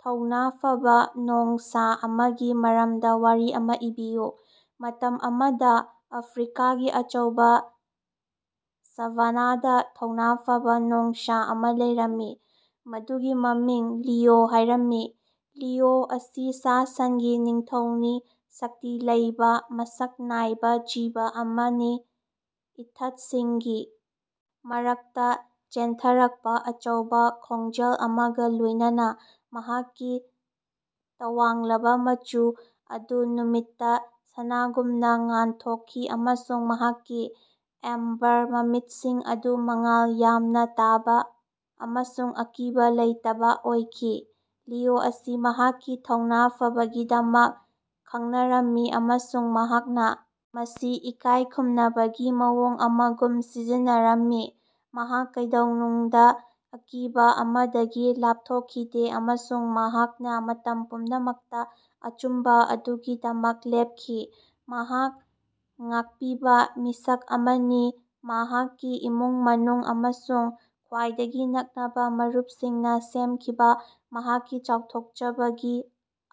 ꯊꯧꯅꯥ ꯐꯕꯥ ꯅꯣꯡꯁꯥ ꯑꯃꯒꯤ ꯃꯔꯝꯗ ꯋꯥꯔꯤ ꯑꯃ ꯏꯕꯤꯌꯨ꯫ ꯃꯇꯝ ꯑꯃꯗꯥ ꯑꯐ꯭ꯔꯤꯀꯥꯒꯤ ꯑꯆꯧꯕꯥ ꯁꯥꯚꯥꯅꯥꯗ ꯊꯧꯅꯥ ꯐꯕ ꯅꯣꯡꯁꯥ ꯑꯃ ꯂꯩꯔꯝꯃꯤ꯫ ꯃꯗꯨꯒꯤ ꯃꯃꯤꯡ ꯂꯤꯑꯣ ꯍꯥꯢꯔꯝꯃꯤ꯫ ꯂꯤꯑꯣ ꯑꯁꯤ ꯁꯥ-ꯁꯟꯒꯤ ꯅꯤꯡꯊꯧꯅꯤ ꯁꯛꯇꯤ ꯂꯩꯕꯥ ꯃꯁꯛ ꯅꯥꯏꯕ ꯖꯤꯕ ꯑꯃꯅꯤ ꯏꯊꯠꯁꯤꯡꯒꯤ ꯃꯔꯛꯇꯥ ꯆꯦꯟꯊꯔꯛꯄ ꯑꯆꯧꯕꯥ ꯈꯣꯟꯖꯦꯜ ꯑꯃꯒ ꯂꯣꯢꯅꯅꯥ꯫ ꯃꯍꯥꯛꯀꯤ ꯇꯋꯥꯡꯂꯕ ꯃꯆꯨ ꯑꯗꯨ ꯅꯨꯃꯤꯠꯇ ꯁꯅꯥꯒꯨꯝꯅ ꯉꯥꯟꯊꯣꯛꯈꯤ ꯑꯃꯁꯨꯡ ꯃꯍꯥꯛꯀꯤ ꯑꯦꯝꯕꯔ ꯃꯃꯤꯠꯁꯤꯡ ꯑꯗꯨ ꯃꯉꯥꯜ ꯌꯥꯝꯅꯥ ꯇꯥꯕꯥ ꯑꯃꯁꯨꯡ ꯑꯀꯤꯕꯥ ꯂꯩꯇꯕꯥ ꯑꯣꯏꯈꯤ꯫ ꯂꯤꯑꯣ ꯑꯁꯤ ꯃꯍꯥꯛꯀꯤ ꯊꯧꯅꯥ ꯐꯕꯒꯤꯗꯃꯛ ꯈꯪꯅꯔꯝꯃꯤ ꯑꯃꯁꯨꯡ ꯃꯍꯥꯛꯅ ꯃꯁꯤ ꯏꯀꯥꯢ ꯈꯨꯝꯅꯕꯒꯤ ꯃꯑꯣꯡ ꯑꯃꯒꯨꯝ ꯁꯤꯖꯤꯟꯅꯔꯝꯃꯤ꯫ ꯃꯍꯥꯛ ꯀꯩꯗꯧꯅꯨꯡꯗ ꯑꯀꯤꯕ ꯑꯃꯗꯒꯤ ꯂꯥꯞꯊꯣꯛꯈꯤꯗꯦ ꯑꯃꯁꯨꯡ ꯃꯍꯥꯛꯅ ꯃꯇꯝ ꯄꯨꯝꯅꯃꯛꯇ ꯑꯆꯨꯝꯕ ꯑꯗꯨꯒꯤꯗꯃꯛ ꯂꯦꯞꯈꯤ꯫ ꯃꯍꯥꯛ ꯉꯥꯛꯄꯤꯕ ꯃꯤꯁꯛ ꯑꯃꯅꯤ ꯃꯍꯥꯛꯀꯤ ꯏꯃꯨꯡ ꯃꯅꯨꯡ ꯑꯃꯁꯨꯡ ꯈ꯭ꯋꯥꯏꯗꯒꯤ ꯅꯛꯅꯕ ꯃꯔꯨꯞꯁꯤꯡꯅ ꯁꯦꯝꯈꯤꯕꯥ ꯃꯍꯥꯛꯀꯤ ꯆꯥꯎꯊꯣꯛꯆꯕꯒꯤ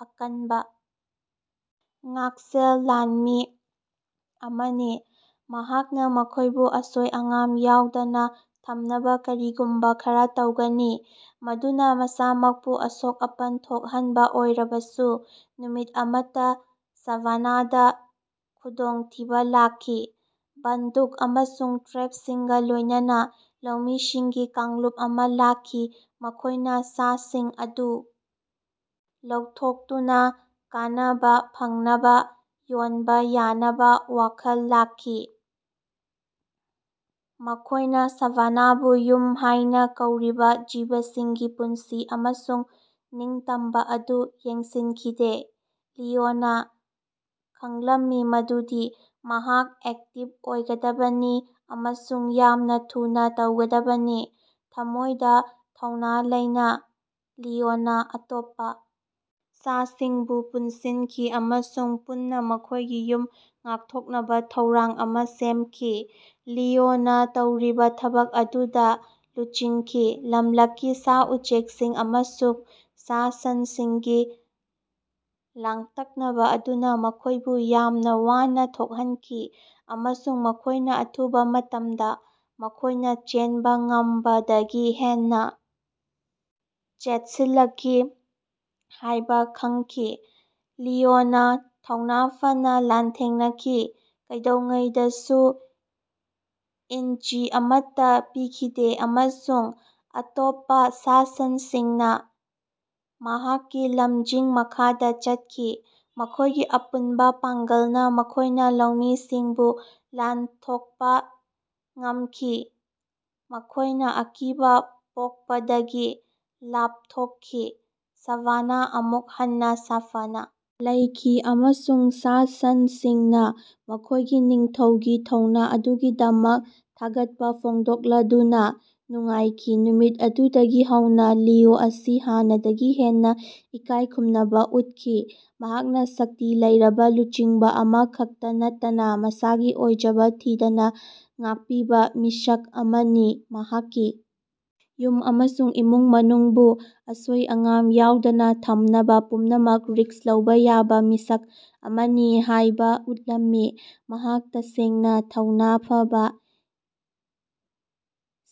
ꯑꯀꯟꯕ ꯉꯥꯛꯁꯦꯜ ꯂꯥꯟꯃꯤ ꯑꯃꯅꯤ꯫ ꯃꯍꯥꯛꯅ ꯃꯈꯣꯢꯕꯨ ꯑꯁꯣꯏ ꯑꯉꯥꯝ ꯌꯥꯎꯗꯅ ꯊꯝꯅꯕ ꯀꯔꯤꯒꯨꯝꯕ ꯈꯔ ꯇꯧꯒꯅꯤ ꯃꯗꯨꯅ ꯃꯁꯥꯃꯛꯄꯨ ꯑꯁꯣꯛ-ꯑꯄꯟ ꯊꯣꯛꯍꯟꯕ ꯑꯣꯏꯔꯕꯁꯨ꯫ ꯅꯨꯃꯤꯠ ꯑꯃꯗ ꯁꯥꯚꯥꯅꯥꯗ ꯈꯨꯗꯣꯡꯊꯤꯕ ꯂꯥꯛꯈꯤ꯫ ꯕꯟꯗꯨꯛ ꯑꯃꯁꯨꯡ ꯇ꯭ꯔꯦꯞꯁꯤꯡꯒ ꯂꯣꯢꯅꯅꯥ ꯂꯧꯃꯤꯁꯤꯡꯒꯤ ꯀꯥꯡꯂꯨꯞ ꯑꯃ ꯂꯥꯛꯈꯤ ꯃꯈꯣꯢꯅ ꯁꯥꯁꯤꯡ ꯑꯗꯨ ꯂꯧꯊꯣꯛꯇꯨꯅꯥ ꯀꯥꯟꯅꯕꯥ ꯐꯪꯅꯕꯥ ꯌꯣꯟꯕꯥ ꯌꯥꯅꯕꯥ ꯋꯥꯈꯜ ꯂꯥꯛꯈꯤ꯫ ꯃꯈꯣꯢꯅ ꯁꯥꯚꯥꯅꯥꯕꯨ ꯌꯨꯝ ꯍꯥꯢꯅ ꯀꯧꯔꯤꯕ ꯖꯤꯕꯁꯤꯡꯒꯤ ꯄꯨꯟꯁꯤ ꯑꯃꯁꯨꯡ ꯅꯤꯡꯇꯝꯕ ꯑꯗꯨ ꯌꯦꯡꯁꯤꯟꯈꯤꯗꯦ꯫ ꯂꯤꯑꯣꯅꯥ ꯈꯪꯂꯝꯃꯤ ꯃꯗꯨꯗꯤ ꯃꯍꯥꯛ ꯑꯦꯛꯇꯤꯚ ꯑꯣꯏꯒꯗꯕꯅꯤ ꯑꯃꯁꯨꯡ ꯌꯥꯝꯅ ꯊꯨꯅꯥ ꯇꯧꯒꯗꯕꯅꯤ꯫ ꯊꯃꯣꯢꯗ ꯊꯧꯅ ꯂꯩꯅ ꯂꯤꯑꯣꯅ ꯑꯇꯣꯞꯄ ꯁꯥꯁꯤꯡꯕꯨ ꯄꯨꯟꯁꯤꯟꯈꯤ ꯑꯃꯁꯨꯡ ꯄꯨꯟꯅ ꯃꯈꯣꯢꯒꯤ ꯌꯨꯝ ꯉꯥꯛꯊꯣꯛꯅꯕ ꯊꯧꯔꯥꯡ ꯑꯃ ꯁꯦꯝꯈꯤ꯫ ꯂꯤꯑꯣꯅ ꯇꯧꯔꯤꯕ ꯊꯕꯛ ꯑꯗꯨꯗ ꯂꯨꯆꯤꯡꯈꯤ꯫ ꯂꯝꯂꯛꯀꯤ ꯁꯥ-ꯎꯆꯦꯛꯁꯤꯡ ꯑꯃꯁꯨꯡ ꯁꯥ-ꯁꯟꯁꯤꯡꯒꯤ ꯂꯥꯡꯇꯛꯅꯕ ꯑꯗꯨꯅ ꯃꯈꯣꯢꯕꯨ ꯌꯥꯝꯅ ꯋꯥꯅ ꯊꯣꯛꯍꯟꯈꯤ ꯑꯃꯁꯨꯡ ꯃꯈꯣꯢꯅ ꯑꯊꯨꯕ ꯃꯇꯝꯗꯥ ꯃꯈꯣꯢꯅꯥ ꯆꯦꯟꯕ ꯉꯝꯕꯗꯒꯤ ꯍꯦꯟꯅꯥ ꯆꯦꯠꯁꯤꯜꯂꯛꯈꯤ ꯍꯥꯢꯕ ꯈꯪꯈꯤ꯫ ꯂꯤꯑꯣꯅ ꯊꯧꯅꯥ ꯐꯅ ꯂꯥꯟꯊꯦꯡꯅꯈꯤ ꯀꯩꯗꯧꯉꯩꯗꯁꯨ ꯏꯟꯆꯤ ꯑꯃꯠꯇꯥ ꯄꯤꯈꯤꯗꯦ ꯑꯃꯁꯨꯡ ꯑꯇꯣꯞꯄ ꯁꯥ-ꯁꯟꯁꯤꯡꯅ ꯃꯍꯥꯛꯀꯤ ꯂꯝꯖꯤꯡ ꯃꯈꯥꯗ ꯆꯠꯈꯤ꯫ ꯃꯈꯣꯢꯒꯤ ꯑꯄꯨꯟꯕ ꯄꯥꯡꯒꯜꯅ ꯃꯈꯣꯢꯅ ꯂꯧꯃꯤꯁꯤꯡꯕꯨ ꯂꯥꯟꯊꯣꯛꯄ ꯉꯝꯈꯤ ꯃꯈꯣꯢꯅ ꯑꯀꯤꯕ ꯄꯣꯛꯄꯗꯒꯤ ꯂꯥꯞꯊꯣꯛꯈꯤ꯫ ꯁꯥꯚꯥꯅꯥ ꯑꯃꯨꯛ ꯍꯟꯅ ꯁꯥꯐꯅꯥ ꯂꯩꯈꯤ ꯑꯃꯁꯨꯡ ꯁꯥ-ꯁꯟꯁꯤꯡꯅ ꯃꯈꯣꯢꯒꯤ ꯅꯤꯡꯊꯧꯒꯤ ꯊꯧꯅꯥ ꯑꯗꯨꯒꯤꯗꯃꯛ ꯊꯥꯒꯠꯄ ꯐꯣꯡꯗꯣꯛꯂꯗꯨꯅ ꯅꯨꯡꯉꯥꯏꯈꯤ꯫ ꯅꯨꯃꯤꯠ ꯑꯗꯨꯗꯒꯤ ꯍꯧꯅꯥ ꯂꯤꯑꯣ ꯑꯁꯤ ꯍꯥꯟꯅꯗꯒꯤ ꯍꯦꯟꯅꯥ ꯏꯀꯥꯢꯈꯨꯝꯅꯕ ꯎꯠꯈꯤ꯫ ꯃꯍꯥꯛꯅ ꯁꯛꯇꯤ ꯂꯩꯔꯕ ꯂꯨꯆꯤꯡꯕ ꯑꯃ ꯈꯛꯇ ꯅꯠꯇꯅ ꯃꯁꯥꯒꯤ ꯑꯣꯏꯖꯕ ꯊꯤꯗꯅ ꯉꯥꯛꯄꯤꯕ ꯃꯤꯁꯛ ꯑꯃꯅꯤ꯫ ꯃꯍꯥꯛꯀꯤ ꯌꯨꯝ ꯑꯃꯁꯨꯡ ꯏꯃꯨꯡ ꯃꯅꯨꯡꯕꯨ ꯑꯁꯣꯏ ꯑꯉꯥꯝ ꯌꯥꯎꯗꯅ ꯊꯝꯅꯕ ꯄꯨꯝꯅꯃꯛ ꯔꯤꯁ꯭ꯛ ꯂꯧꯕ ꯌꯥꯕ ꯃꯤꯁꯛ ꯑꯃꯅꯤ ꯍꯥꯢꯕ ꯎꯠꯂꯝꯃꯤ꯫ ꯃꯍꯥꯛ ꯇꯁꯦꯡꯅ ꯊꯧꯅꯥ ꯐꯕ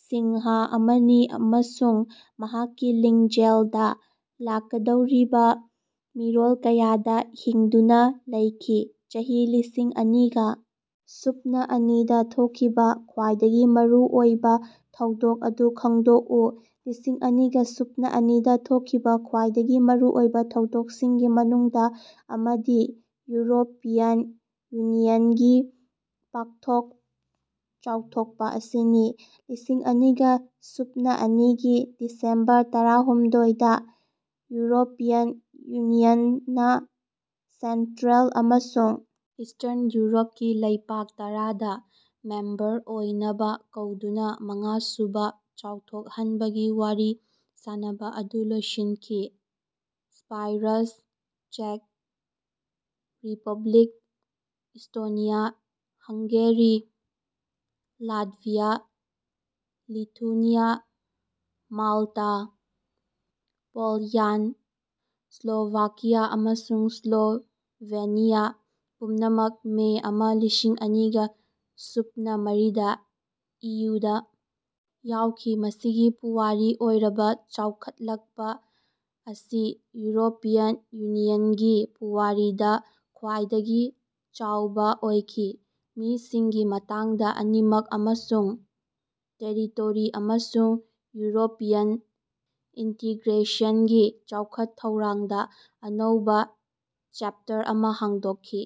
ꯁꯤꯡꯍ ꯑꯃꯅꯤ ꯑꯃꯁꯨꯡ ꯃꯍꯥꯛꯀꯤ ꯂꯤꯖꯦꯟꯗ ꯂꯥꯛꯀꯗꯧꯔꯤꯕꯥ ꯃꯤꯔꯣꯜ ꯀꯌꯥꯗꯥ ꯍꯤꯡꯗꯨꯅꯥ ꯂꯩꯈꯤ꯫ ꯆꯍꯤ ꯂꯤꯁꯤꯡ ꯑꯅꯤꯒ ꯁꯨꯞꯅ ꯑꯅꯤꯗ ꯊꯣꯛꯈꯤꯕ ꯈ꯭ꯋꯥꯏꯗꯒꯤ ꯃꯔꯨꯑꯣꯏꯕ ꯊꯧꯗꯣꯛ ꯑꯗꯨ ꯈꯡꯗꯣꯛꯎ꯫ ꯂꯤꯁꯤꯡ ꯑꯅꯤꯒ ꯁꯨꯞꯅ ꯑꯅꯤꯗꯥ ꯊꯣꯛꯈꯤꯕ ꯈ꯭ꯋꯥꯏꯗꯒꯤ ꯃꯔꯨꯑꯣꯏꯕ ꯊꯧꯗꯣꯛꯁꯤꯡꯒꯤ ꯃꯅꯨꯡꯗ ꯑꯃꯗꯤ ꯌꯨꯔꯣꯄꯤꯌꯟ ꯌꯨꯅꯤꯌꯟꯒꯤ ꯄꯥꯛꯊꯣꯛ ꯆꯥꯎꯊꯣꯛꯄ ꯑꯁꯤꯅꯤ꯫ ꯂꯤꯁꯤꯡ ꯑꯅꯤꯒ ꯁꯨꯞꯅ ꯑꯅꯤꯒꯤ ꯗꯤꯁꯦꯝꯕꯔ ꯇꯔꯥꯍꯨꯝꯗꯣꯏꯗ ꯌꯨꯔꯣꯄꯤꯌꯟ ꯌꯨꯅꯤꯌꯟꯅ ꯁꯦꯟꯇ꯭ꯔꯦꯜ ꯑꯃꯁꯨꯡ ꯏꯁ꯭ꯇꯔꯟ ꯌꯨꯔꯣꯄꯀꯤ ꯂꯩꯕꯥꯛ ꯇꯔꯥꯗꯥ ꯃꯦꯝꯕꯔ ꯑꯣꯏꯅꯕ ꯀꯧꯗꯨꯅ ꯃꯉꯥꯁꯨꯕꯥ ꯆꯥꯎꯊꯣꯛꯍꯟꯕꯒꯤ ꯋꯥꯔꯤ ꯁꯥꯅꯕꯥ ꯑꯗꯨ ꯂꯣꯏꯁꯤꯟꯈꯤ꯫ ꯁꯥꯏꯞꯔꯥꯁ, ꯆꯦꯛ Republic, Estonia, Hungary, Latvia, Lithuania, Malta, Poland, Slovakia ꯑꯃꯁꯨꯡ ꯁ꯭ꯂꯣꯚꯦꯅꯤꯌꯥ ꯄꯨꯝꯅꯃꯛ ꯃꯦ ꯑꯃꯥ ꯂꯤꯁꯤꯡ ꯑꯅꯤꯒ ꯁꯨꯞꯅ ꯃꯔꯤꯗꯥ ꯏꯌꯨꯗ ꯌꯥꯎꯈꯤ ꯃꯁꯤꯒꯤ ꯄꯨꯋꯥꯔꯤ ꯑꯣꯏꯔꯕ ꯆꯥꯎꯈꯠꯂꯛꯄꯥ ꯑꯁꯤ ꯌꯨꯔꯣꯄꯤꯌꯟ ꯌꯨꯅꯤꯌꯟꯒꯤ ꯄꯨꯋꯥꯔꯤꯗ ꯈ꯭ꯋꯥꯏꯗꯒꯤ ꯆꯥꯎꯕ ꯑꯣꯏꯈꯤ ꯃꯤꯁꯤꯡꯒꯤ ꯃꯇꯥꯡꯗ ꯑꯅꯤꯃꯛ ꯑꯃꯁꯨꯡ ꯇꯦꯔꯤꯇꯣꯔꯤ ꯑꯃꯁꯨꯡ ꯌꯨꯔꯣꯄꯤꯌꯟ ꯏꯟꯇꯤꯒ꯭ꯔꯦꯁꯟꯒꯤ ꯆꯥꯎꯈꯠ-ꯊꯧꯔꯥꯡꯗꯥ ꯑꯅꯧꯕꯥ ꯆꯦꯞꯇꯔ ꯑꯃ ꯍꯥꯡꯗꯣꯛꯈꯤ꯫